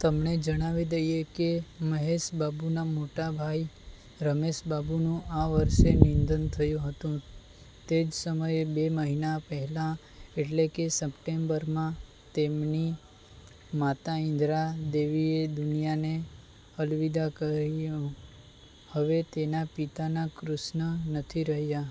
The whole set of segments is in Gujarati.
તમને જણાવી દઈએ કે મહેશ બાબુના મોટા ભાઈ રમેશ બાબુનું આ વર્ષે નિધન થયું હતું. તે જ સમયે, બે મહિના પહેલા એટલે કે સપ્ટેમ્બરમાં, તેમની માતા ઇન્દિરા દેવીએ દુનિયાને અલવિદા કહ્યું. હવે તેના પિતા કૃષ્ણ નથી રહ્યા.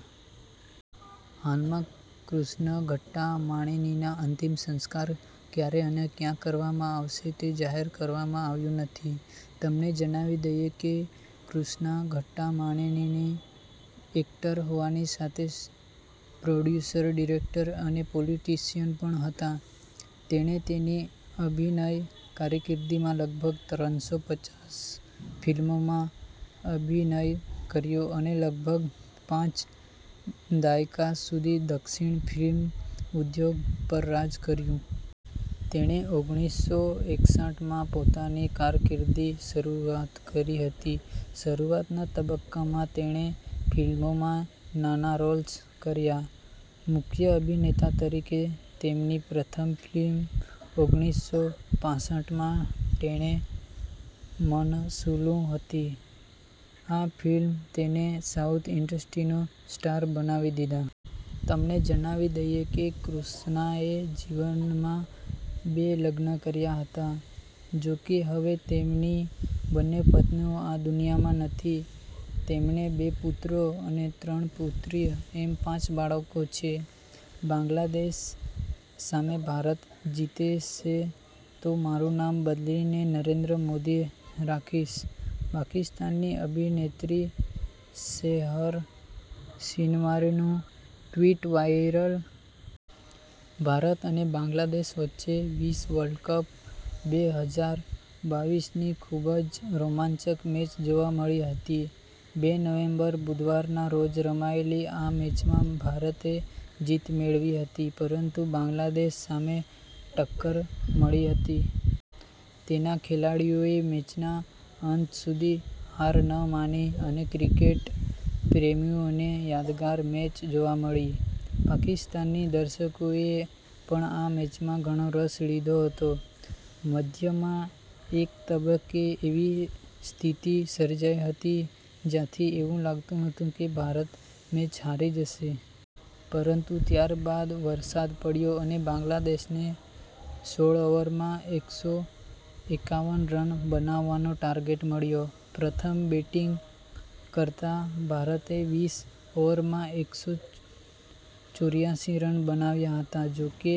હાલમાં, કૃષ્ણ ઘાટ્ટાંમાણેનીના અંતિમ સંસ્કાર ક્યારે અને ક્યાં કરવામાં આવશે તે જાહેર કરવામાં આવ્યું નથી. તમને જણાવી દઈએ કે કૃષ્ણા ઘાટ્ટાંમાણેની એક્ટર હોવાની સાથે પ્રોડ્યુસર, ડિરેક્ટર અને પોલિટિશિયન પણ હતા. તેણે તેની અભિનય કારકિર્દીમાં લગભગ ત્રણસો પચાસ ફિલ્મોમાં અભિનય કર્યો અને લગભગ પાંચ દાયકા સુધી દક્ષિણ ફિલ્મ ઉદ્યોગ પર રાજ કર્યું. તેણે ઓગણીસો એકસઠ માં પોતાની કારકિર્દીની શરૂઆત કરી હતી. શરૂઆતના તબક્કામાં તેણે ફિલ્મોમાં નાના રોલ કર્યા. મુખ્ય અભિનેતા તરીકે તેમની પ્રથમ ફિલ્મ ઓગણીસો પાસઠમાં ટેને મનસુલુ હતી. આ ફિલ્મે તેને સાઉથ ઈન્ડસ્ટ્રીનો સ્ટાર બનાવી દીધા. તમને જણાવી દઈએ કે કૃષ્ણાએ જીવનમાં બે લગ્ન કર્યા હતા, જો કે હવે તેમની બંને પત્નીઓ આ દુનિયામાં નથી. તેમને બે પુત્રો અને ત્રણ પુત્રી એમ પાંચ બાળકો છે. બાંગ્લાદેશ સામે ભારત જીતશે તો મારું નામ બદલીને નરેન્દ્ર મોદી રાખીશ, પાકિસ્તાની અભિનેત્રી સેહર શિનવારીનું ટ્વિટ વાઈરલ. ભારત અને બાંગ્લાદેશ વચ્ચે વીસ વર્લ્ડ કપ બે હજાર બાવીસ ની ખૂબ જ રોમાંચક મેચ જોવા મળી હતી. બે નવેમ્બર, બુધવારના રોજ રમાયેલી આ મેચમાં ભારતે જીત મેળવી હતી, પરંતુ બાંગ્લાદેશ સામે ટક્કર મળી હતી. તેના ખેલાડીઓએ મેચના અંત સુધી હાર ન માની અને ક્રિકેટ પ્રેમીઓને યાદગાર મેચ જોવા મળી. પાકિસ્તાની દર્શકોએ પણ આ મેચમાં ઘણો રસ લીધો હતો. મધ્યમાં એક તબક્કે એવી સ્થિતિ સર્જાઈ હતી, જ્યાંથી એવું લાગતું હતું કે ભારત મેચ હારી શકે છે. પરંતુ ત્યારબાદ વરસાદ પડ્યો અને બાંગ્લાદેશને સોડ ઓવરમાં એકસો એકાવન રન બનાવવાનો ટાર્ગેટ મળ્યો. પ્રથમ બેટિંગ કરતા ભારતે વીસ ઓવરમાં એકસો ચોર્યાસી રન બનાવ્યા હતા. જો કે,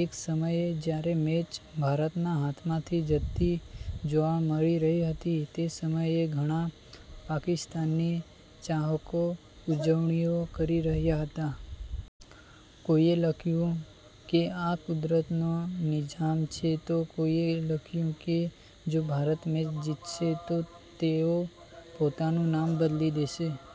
એક સમયે જ્યારે મેચ ભારતના હાથમાંથી જતી જોવા મળી રહી હતી, તે સમયે ઘણા પાકિસ્તાની ચાહકો ઉજવણી કરી રહ્યા હતા. કોઈએ લખ્યું કે આ 'કુદરતનો નિઝામ' છે તો કોઈએ લખ્યું કે જો ભારત મેચ જીતશે તો તેઓ પોતાનું નામ બદલી દેશે.